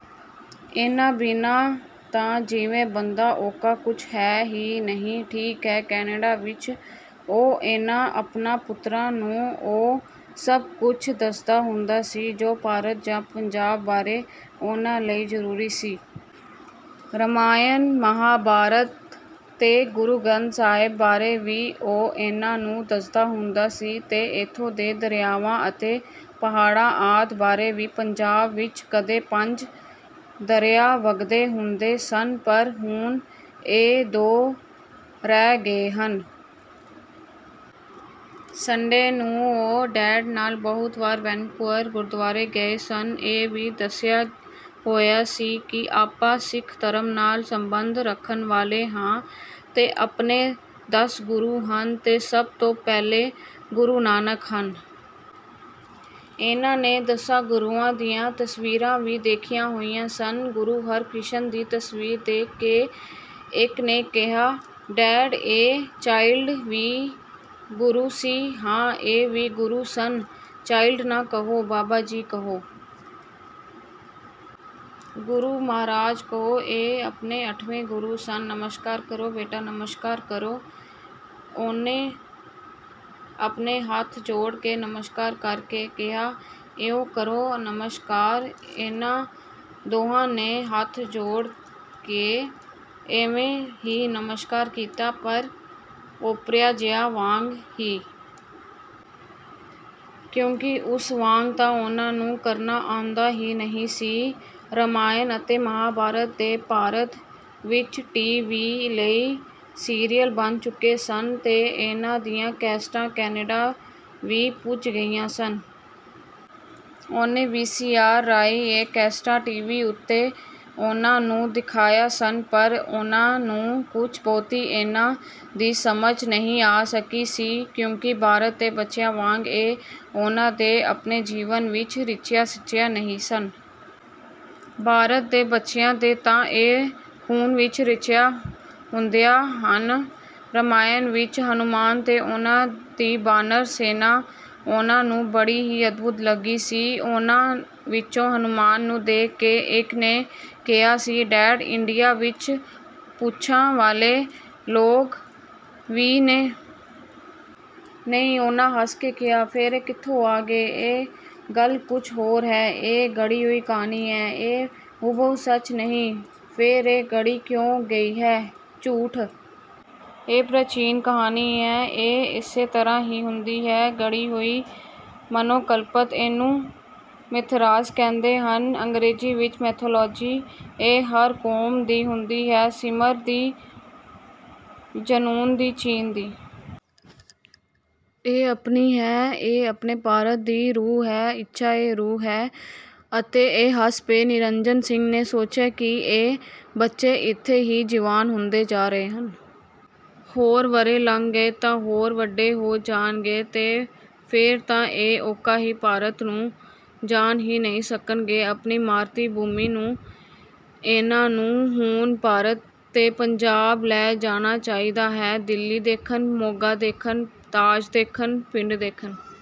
ਇਹਨਾਂ ਬਿਨਾਂ ਤਾਂ ਜਿਵੇਂ ਬੰਦਾ ਉਕਾ ਕੁਝ ਵੀ ਹੈ ਹੀ ਨਹੀਂ। ਠੀਕ ਹੀ, ਕੈਨੇਡਾ ਵਿਚ, ਉਹ ਇਹਨਾਂ ਆਪਣੇ ਪੁੱਤਰਾਂ ਨੂੰ ਉਹ ਸਭ ਕੁੱਝ ਦੱਸਦਾ ਹੁੰਦਾ ਸੀ ਜੋ ਭਾਰਤ ਜਾਂ ਪੰਜਾਬ ਬਾਰੇ ਉਹਨਾਂ ਲਈ ਜ਼ਰੂਰੀ ਸੀ। ਰਾਮਾਇਣ, ਮਹਾਂਭਾਰਤ ਤੇ ਗੁਰੂ ਗਰੰਥ ਸਾਹਿਬ ਬਾਰੇ ਵੀ ਉਹ ਉਹਨਾਂ ਨੂੰ ਦੱਸਦਾ ਹੁੰਦਾ ਸੀ ਤੇ ਏਥੋਂ ਦੇ ਦਰਿਆਵਾਂ ਅਤੇ ਪਹਾੜਾਂ ਆਦਿ ਬਾਰੇ ਵੀ। ਪੰਜਾਬ ਵਿਚ ਕਦੇ ਪੰਜ ਦਰਿਆ ਵੱਗਦੇ ਹੁੰਦੇ ਸਨ ਪਰ ਹੁਣ ਇਹ ਦੋ ਰਹਿ ਗਏ ਹਨ। ਸੰਡੇ ਨੂੰ ਉਹ ਡੈਡ ਨਾਲ ਬਹੁਤ ਵਾਰ ਵੈਨਕੂਵਰ ਗੁਰਦਵਾਰੇ ਗਏ ਸਨ। ਇਹ ਵੀ ਦੱਸਿਆ ਹੋਇਆ ਸੀ ਕਿ ਆਪਾਂ ਸਿੱਖ ਧਰਮ ਨਾਲ ਸੰਬੰਧ ਰੱਖਣ ਵਾਲੇ ਹਾਂ ਤੇ ਆਪਣੇ ਦਸ ਗੁਰੂ ਹਨ ਤੇ ਸਭ ਤੋਂ ਪਹਿਲੇ ਗੁਰੂ ਨਾਨਕ ਹਨ। ਉਹਨਾਂ ਨੇ ਦਸਾਂ ਗੁਰੂਆਂ ਦੀਆਂ ਤਸਵੀਰਾਂ ਵੀ ਦੇਖੀਆਂ ਹੋਈਆਂ ਸਨ। ਗੁਰੂ ਹਰਿਕ੍ਰਿਸ਼ਨ ਦੀ ਤਸਵੀਰ ਦੇਖ ਕੇ ਇੱਕ ਨੇ ਕਿਹਾ: "ਡੈਡ, ਇਹ ਚਾਈਲਡ ਵੀ ਗੁਰੂ ਸੀ? " "ਹਾਂ, ਇਹ ਵੀ ਗੁਰੂ ਸਨ। ਚਾਈਲਡ ਨਾ ਕਹੋ, ਬਾਬਾ ਜੀ ਕਹੋ। ਗੁਰੂ ਮਹਾਰਾਜ ਕਹੋ। ਇਹ ਆਪਣੇ ਅੱਠਵੇਂ ਗੁਰੂ ਸਨ। ਨਮਸਕਾਰ ਕਰੋ ਬੇਟਾ, ਨਮਸਕਾਰ ਕਰੋ। " ਉਹਨੇ ਆਪਣੇ ਹੱਥ ਜੋੜ ਕੇ ਨਮਸਕਾਰ ਕਰ ਕੇ ਕਿਹਾ, "ਇਉਂ ਕਰੋ ਨਮਸਕਾਰ। " ਉਹਨਾਂ ਦੋਹਾਂ ਨੇ ਹੱਥ ਜੋੜ ਕੇ ਉਵੇਂ ਹੀ ਨਮਸਕਾਰ ਕੀਤਾ ਪਰ ਓਪਰਿਆਂ ਜਿਹਾਂ ਵਾਂਗ ਹੀ। ਕਿਉਂਕਿ ਉਸ ਵਾਂਗ ਤਾਂ ਉਹਨਾਂ ਨੂੰ ਕਰਨਾ ਆਉਂਦਾ ਹੀ ਨਹੀਂ ਸੀ। ਰਾਮਾਇਣ ਅਤੇ ਮਹਾਂਭਾਰਤ ਦੇ ਭਾਰਤ ਵਿਚ ਟੀ. ਵੀ. ਲਈ ਸੀਰੀਅਲ ਬਣ ਚੁੱਕੇ ਸਨ ਤੇ ਇਹਨਾਂ ਦੀਆਂ ਕੈਸਟਾਂ ਕੈਨੇਡਾ ਵੀ ਪੁੱਜ ਗਈਆਂ ਸਨ। ਉਹਨੇ ਵੀ. ਸੀ. ਆਰ. ਰਾਹੀਂ ਇਹ ਕੈਸਟਾਂ ਟੀ. ਵੀ. ਉਤੇ ਉਹਨਾਂ ਨੂੰ ਦਿਖਾਈਆਂ ਸਨ ਪਰ ਉਹਨਾਂ ਨੂੰ ਕੁਝ ਬਹੁਤੀ ਇਹਨਾਂ ਦੀ ਸਮਝ ਨਹੀਂ ਆ ਸਕੀ ਸੀ ਕਿਉਂਕਿ ਭਾਰਤ ਦੇ ਬੱਚਿਆਂ ਵਾਂਗ ਇਹ ਉਹਨਾਂ ਦੇ ਆਪਣੇ ਜੀਵਨ ਵਿਚ ਰਚੀਆਂ ਮਿਚੀਆਂ ਨਹੀਂ ਸਨ। ਭਾਰਤ ਦੇ ਬੱਚਿਆਂ ਦੇ ਤਾਂ ਇਹ ਖੂਨ ਵਿਚ ਰਚੀਆਂ ਹੁੰਦੀਆਂ ਹਨ। ਰਾਮਾਇਣ ਵਿਚ ਹਨੂਮਾਨ ਤੇ ਉਹਨਾਂ ਦੀ ਬਾਨਰ ਸੈਨਾ ਉਹਨਾਂ ਨੂੰ ਬੜੀ ਹੀ ਅਦਭੁਤ ਲੱਗੀ ਸੀ। ਉਹਨਾਂ ਵਿਚੋਂ ਹਨੂਮਾਨ ਨੂੰ ਦੇਖ ਕੇ, ਇਕ ਨੇ ਕਿਹਾ ਸੀ: "ਡੈਡ, ਇੰਡੀਆ ਵਿਚ ਪੂਛਾਂ ਵਾਲੇ ਲੋਕ ਵੀ ਨੇ? " "ਨਹੀਂ"। ਉਹਨੇ ਹੱਸ ਕੇ ਕਿਹਾ? " "ਫੇਰ ਇਹ ਕਿਥੋਂ ਆ ਗਏ? " "ਇਹ ਗੱਲ ਕੁਝ ਹੋਰ ਹੈ। ਇਹ ਘੜੀ ਹੋਈ ਕਹਾਣੀ ਹੈ। ਇਹ ਹੁਬਹੂ ਸੱਚ ਨਹੀਂ। " "ਫੇਰ ਇਹ ਘੜੀ ਕਿਉਂ ਗਈ ਹੈ, ਝੂਠ? " "ਇਹ ਪ੍ਰਚੀਨ ਕਹਾਣੀ ਹੈ। ਇਹ ਇਸੇ ਤਰ੍ਹਾਂ ਹੀ ਹੁੰਦੀ ਹੈ। ਘੜੀ ਹੋਈ ਮਨੋਕਲਪਤ। ਇਹਨੂੰ ਮਿਥਿਹਾਸ ਕਹਿੰਦੇ ਹਨ। ਅੰਗਰੇਜ਼ੀ ਵਿਚ ਮਾਈਥਾਲੋਜੀ। ਇਹ ਹਰ ਕੌਮ ਦੀ ਹੁੰਦੀ ਹੈ। ਮਿਸਰ ਦੀ, ਚਨੁਨ ਦੀ, ਚੀਨ ਦੀ। ਇਹ ਆਪਣੀ ਹੈ। ਇਹ ਆਪਣੇ ਭਾਰਤ ਦੀ ਰੂਹ ਹੈ। " "ਅੱਛਾ, ਇਹ ਰੂਹ ਹੈ। " ਅਤੇ ਉਹ ਹੱਸ ਪਏ। ਨਿਰੰਜਨ ਸਿੰਘ ਨੇ ਸੋਚਿਆ ਕਿ ਇਹ ਬੱਚੇ ਏਥੇ ਹੀ ਜਵਾਨ ਹੁੰਦੇ ਜਾ ਰਹੇ ਹਨ। ਹੋਰ ਵਰ੍ਹੇ ਲੰਘ ਗਏ ਤਾਂ ਹੋਰ ਵੱਡੇ ਹੋ ਜਾਣਗੇ ਤੇ ਫੇਰ ਤਾਂ ਇਹ ਉਕਾ ਹੀ ਭਾਰਤ ਨੂੰ ਜਾਣ ਹੀ ਨਹੀਂ ਸਕਣਗੇ-ਆਪਣੀ ਮਾਤਰੀ-ਭੂਮੀ ਨੂੰ। ਇਹਨਾਂ ਨੂੰ ਹੁਣ ਭਾਰਤ ਤੇ ਪੰਜਾਬ ਲੈ ਜਾਣਾ ਚਾਹੀਦਾ ਹੈ। ਦਿੱਲੀ ਦੇਖਣ, ਮੋਗਾ ਦੇਖਣ, ਤਾਜ ਦੇਖਣ, ਪਿੰਡ ਦੇਖਣ।